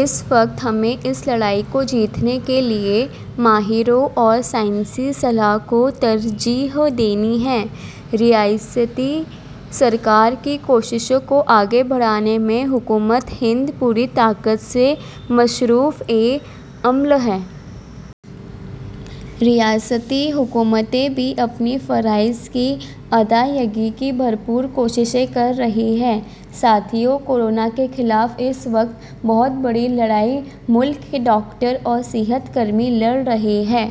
اس وقت ، ہمیں اس لڑائی کو جیتنے کے لیے، ماہرین اور سائنسی صلاح کو ترجیح دینی ہے۔ ریاستی سرکار کی کوششوں کو آگے بڑھانے میں حکومت ہند پوری طاقت سے مصروف عمل ہے۔ ریاستی حکومتیں بھی اپنے فرائض کی ادائیگی کی بھر پور کوششیں کر رہی ہیں۔ ساتھیو، کو رونا کے خلاف اس وقت بہت بڑی لڑائی ملک کے ڈاکٹر اور صحت کارکنان لڑ رہے ہیں۔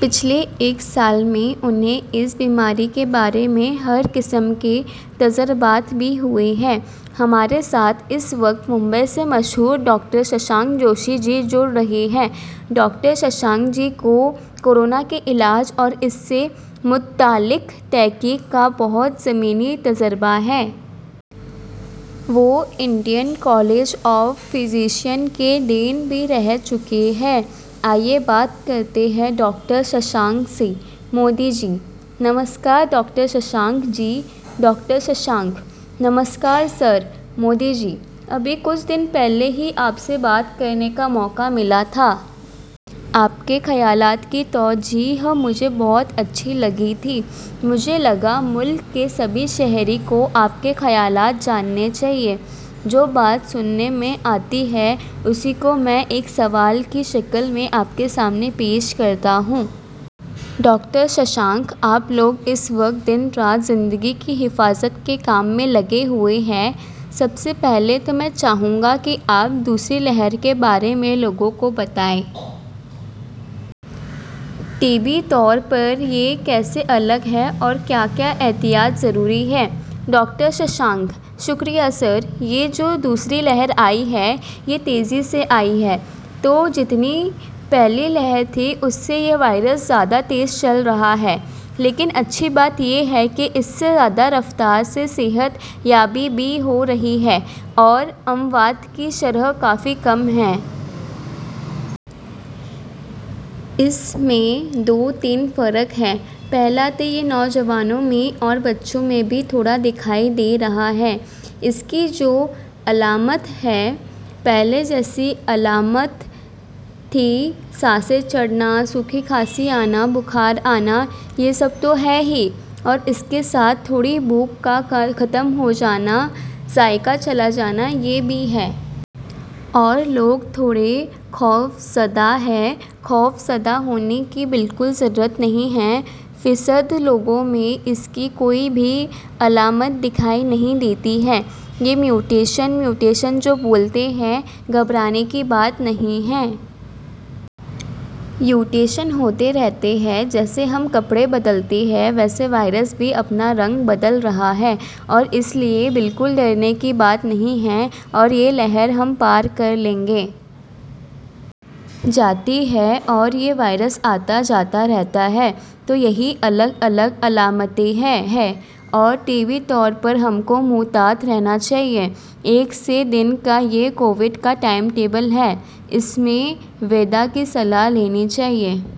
پچھلے ایک سال میں انہیں اس بیماری کے بارے میں ہر قسم کے تجربات بھی ہوئے ہیں۔ ہمارے ساتھ، اس وقت ، ممبیٔ سے مشہور ڈاکٹر ششانک جوشی جی جڑ رہے ہیں۔ ڈاکٹر ششانک جی کو کو رونا کے علاج اور اس سے متعلق تحقیق کا بہت زمینی تجربہ ہے۔ وہ انڈین کالج آف فیزیسین کے ڈین بھی رہ چکے ہیں۔ آئیے بات کرتے ہیں ڈاکٹر ششانک سے :- مودی جی – نمسکار ڈاکٹر ششانک جی ڈاکٹر ششانک – نمسکار سر۔ مودی جی – ابھی کچھ دن پہلے ہی آپ سے بات کرنے کا موقع ملا تھا۔ آپکے خیالات کی توضیح مجھے بہت اچھی لگی تھی۔ مجھے لگا ملک کے سبھی شہری کو آپ کے خیالات جاننے چاہیئے۔ جو باتیں سننے میں آتی اسی کو میں ایک سوال کی شکل میں آپکے سامنے پیش کرتا ہوں۔ ڈاکٹر ششانک – آپ لوگ اس وقت دن رات زندگی کی حفاظت کے کام میں لگے ہوئے ہیں، سب سے پہلے تو میں چاہونگا کہ آپ دوسری لہر کے بارے میں لوگوں کو بتائیں۔ طبی طور پر یہ کیسے الگ ہے اور کیا کیا احتیاط ضروری ہے۔ ڈاکٹر ششانک – شکریہ سر، یہ جو دوسری لہر آئی ہے۔ یہ تیزی سے آئی ہے، تو جتنی پہلی لہر تھی اس سے یہ وائرس زیادہ تیز چل رہا ہے، لیکن اچھی بات یہ ہے کہ اس سے زیادہ رفتار سےصحت یابی بھی ہو رہی ہے اور اموات کی شرح کافی کم ہے۔ اس میں دو تین فرق ہے، پہلا تو یہ نوجوانوں میں اور بچوں میں بھی تھوڑا دکھائی دے رہا ہے۔ اسکی جو علامت ہے، پہلے جیسی علامت تھی سانس چڑھنا، سوکھی کھانسی آنا، بخار آنا یہ تو سب ہے ہی اور اسکے ساتھ تھوڑی بو کا ختم ہو جانا، ذائقہ چلا جانا یہ بھی ہے۔ اور لوگ تھوڑے خوفزدہ ہیں۔ خوفزدہ ہونے کی بالکل ضرورت نہیں ہے۔ - فیصد لوگوں میں اس کی کوئی بھی علامت دکھائی نہیں دیتی ہے، یہ میوٹیشن – میوٹیشن جو بولتے ہیں، گھبرانے کی بات نہیں ہے۔ یہ میوٹیشن ہوتے رہتے ہیں جیسے ہم کپڑے بدلتے ہیں ویسے وائرس بھی اپنا رنگ بدل رہا ہے اور اسلئے بالکل ڈرنے کی بات نہیں ہے اور یہ لہر ہم پار کر لیں گے۔ لہرآتی جاتی ہے، اور یہ وائرس آتاجاتا رہتا ہے تو یہی الگ الگ علامتیں ہیں ہے اور طبی طور پر ہم کو محتاط رہنا چاہیئے۔ ایک سے دن کا یہ کووڈ کا ٹائم ٹیبل ہے اس میں ویدیہ کی صلاح لینی چاہیے۔